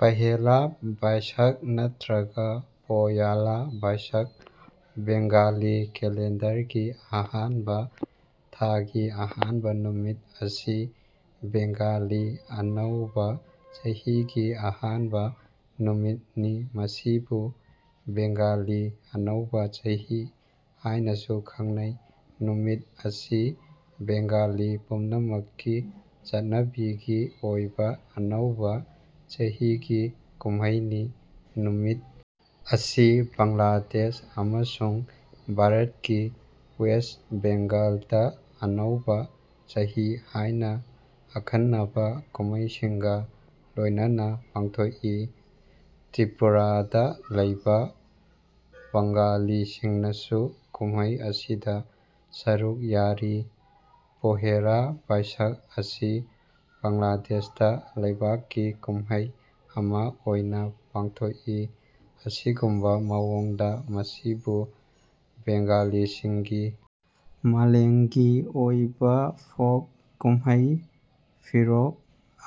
ꯄꯥꯍꯦꯂꯥ ꯕꯥꯏꯁꯥꯈ ꯅꯠꯇ꯭ꯔꯒ ꯄꯣꯌꯥꯂꯥ ꯕꯥꯏꯁꯥꯈ ꯕꯦꯡꯒꯥꯂꯤ ꯀꯦꯂꯦꯟꯗꯔꯒꯤ ꯑꯍꯥꯟꯕ ꯊꯥꯒꯤ ꯑꯍꯥꯟꯕꯥ ꯅꯨꯃꯤꯠ ꯑꯁꯤ ꯕꯦꯡꯒꯥꯂꯤ ꯑꯅꯧꯕ ꯆꯍꯤꯒꯤ ꯑꯍꯥꯟꯕ ꯅꯨꯃꯤꯠꯅꯤ ꯃꯁꯤꯕꯨ ꯕꯦꯡꯒꯥꯂꯤ ꯑꯅꯧꯕ ꯆꯍꯤ ꯍꯥꯏꯅꯥꯁꯨ ꯈꯪꯅꯩ꯫ ꯅꯨꯃꯤꯠ ꯑꯁꯤ ꯕꯦꯡꯒꯥꯂꯤ ꯄꯨꯝꯅꯃꯛꯀꯤ ꯆꯠꯅꯕꯤꯒꯤ ꯑꯣꯏꯕꯥ ꯑꯅꯧꯕ ꯆꯍꯤꯒꯤ ꯀꯨꯝꯃꯩꯅꯤ꯫ ꯅꯨꯃꯤꯠ ꯑꯁꯤ ꯕꯡꯒ꯭ꯂꯥꯗꯦꯁ ꯑꯃꯁꯨꯡ ꯚꯥꯔꯠꯀꯤ ꯋꯦꯁ꯭ꯠ ꯕꯦꯡꯒꯂꯥꯗꯥ ꯑꯅꯧꯕꯥ ꯆꯍꯤ ꯍꯥꯏꯅ ꯑꯈꯟꯅꯕꯥ ꯀꯨꯝꯃꯩꯁꯤꯡꯒꯥ ꯂꯣꯏꯅꯅ ꯄꯥꯡꯊꯣꯛꯏ꯫ ꯇ꯭ꯔꯤꯄꯨꯔꯥꯗꯥ ꯂꯩꯕꯥ ꯕꯡꯒꯥꯂꯤꯁꯤꯡꯅꯁꯨ ꯀꯨꯝꯃꯩ ꯑꯁꯤꯗꯥ ꯁꯔꯨꯛ ꯌꯥꯔꯤ꯫ ꯄꯣꯍꯦꯂꯥ ꯕꯥꯏꯁꯥꯈ ꯑꯁꯤ ꯕꯡꯒ꯭ꯂꯥꯗꯦꯁꯇꯥ ꯂꯩꯕꯥꯛꯀꯤ ꯀꯨꯝꯃꯩ ꯑꯃꯥ ꯑꯣꯏꯅ ꯄꯥꯡꯊꯣꯛꯏ꯫ ꯑꯁꯤꯒꯨꯝꯕꯥ ꯃꯑꯣꯡꯗꯥ ꯃꯁꯤꯕꯨ ꯕꯦꯡꯒꯥꯂꯤꯁꯤꯡꯒꯤ ꯃꯥꯂꯦꯝꯒꯤ ꯑꯣꯏꯕꯥ ꯐꯣꯜꯛ ꯀꯨꯝꯍꯩ ꯐꯤꯔꯣꯛ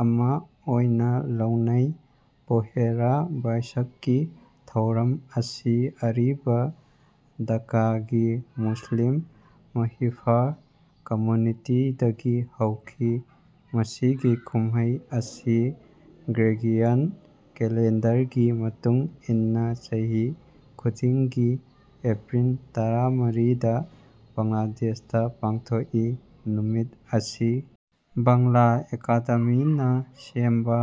ꯑꯃꯥ ꯑꯣꯏꯅꯥ ꯂꯧꯅꯩ꯫ ꯄꯣꯍꯦꯂꯥ ꯕꯥꯏꯁꯥꯈꯀꯤ ꯊꯧꯔꯝ ꯑꯁꯤ ꯑꯔꯤꯕꯥ ꯙꯥꯀꯥꯒꯤ ꯃꯨꯁꯂꯤꯝ ꯃꯍꯤꯐꯔꯥ ꯀꯝꯃ꯭ꯌꯨꯅꯤꯇꯤꯗꯒꯤ ꯍꯧꯈꯤ꯫ ꯃꯁꯤꯒꯤ ꯀꯨꯝꯃꯩ ꯑꯁꯤ ꯒ꯭ꯔꯦꯒꯔꯤꯌꯟ ꯀꯦꯂꯦꯟꯗꯔꯒꯤ ꯃꯇꯨꯡ ꯏꯟꯅꯥ ꯆꯍꯤ ꯈꯨꯗꯤꯡꯒꯤ ꯑꯦꯄ꯭ꯔꯤꯜ ꯇꯔꯥꯃꯔꯤꯗ ꯕꯡꯒ꯭ꯂꯥꯗꯦꯁꯇ ꯄꯥꯡꯊꯣꯛꯏ ꯅꯨꯃꯤꯠ ꯑꯁꯤ ꯕꯥꯡꯂ ꯑꯦꯀꯥꯗꯦꯃꯤꯅꯥ ꯁꯦꯝꯕ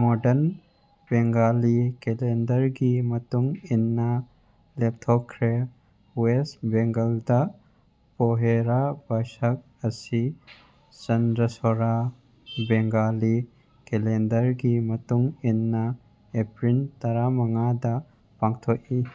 ꯃꯣꯗꯔꯟ ꯕꯦꯡꯒꯂꯤ ꯀꯦꯂꯦꯟꯗꯔꯒꯤ ꯃꯇꯨꯡ ꯏꯟꯅꯥ ꯂꯦꯞꯊꯣꯛꯈ꯭ꯔꯦ꯫ ꯋꯦꯁ꯭ꯠ ꯕꯦꯡꯒ꯭ꯂꯥꯗꯥ ꯄꯣꯍꯦꯂꯥ ꯕꯥꯏꯁꯥꯈ ꯑꯁꯤ ꯆꯟꯗ꯭ꯔꯁꯧꯔ ꯕꯦꯡꯒꯂꯤ ꯀꯦꯂꯦꯟꯗꯔꯒꯤ ꯃꯇꯨꯡ ꯏꯟꯅꯥ ꯑꯦꯄ꯭ꯔꯤꯜ ꯇꯔꯥꯃꯉꯥꯗꯥ ꯄꯥꯡꯊꯣꯛꯏ꯫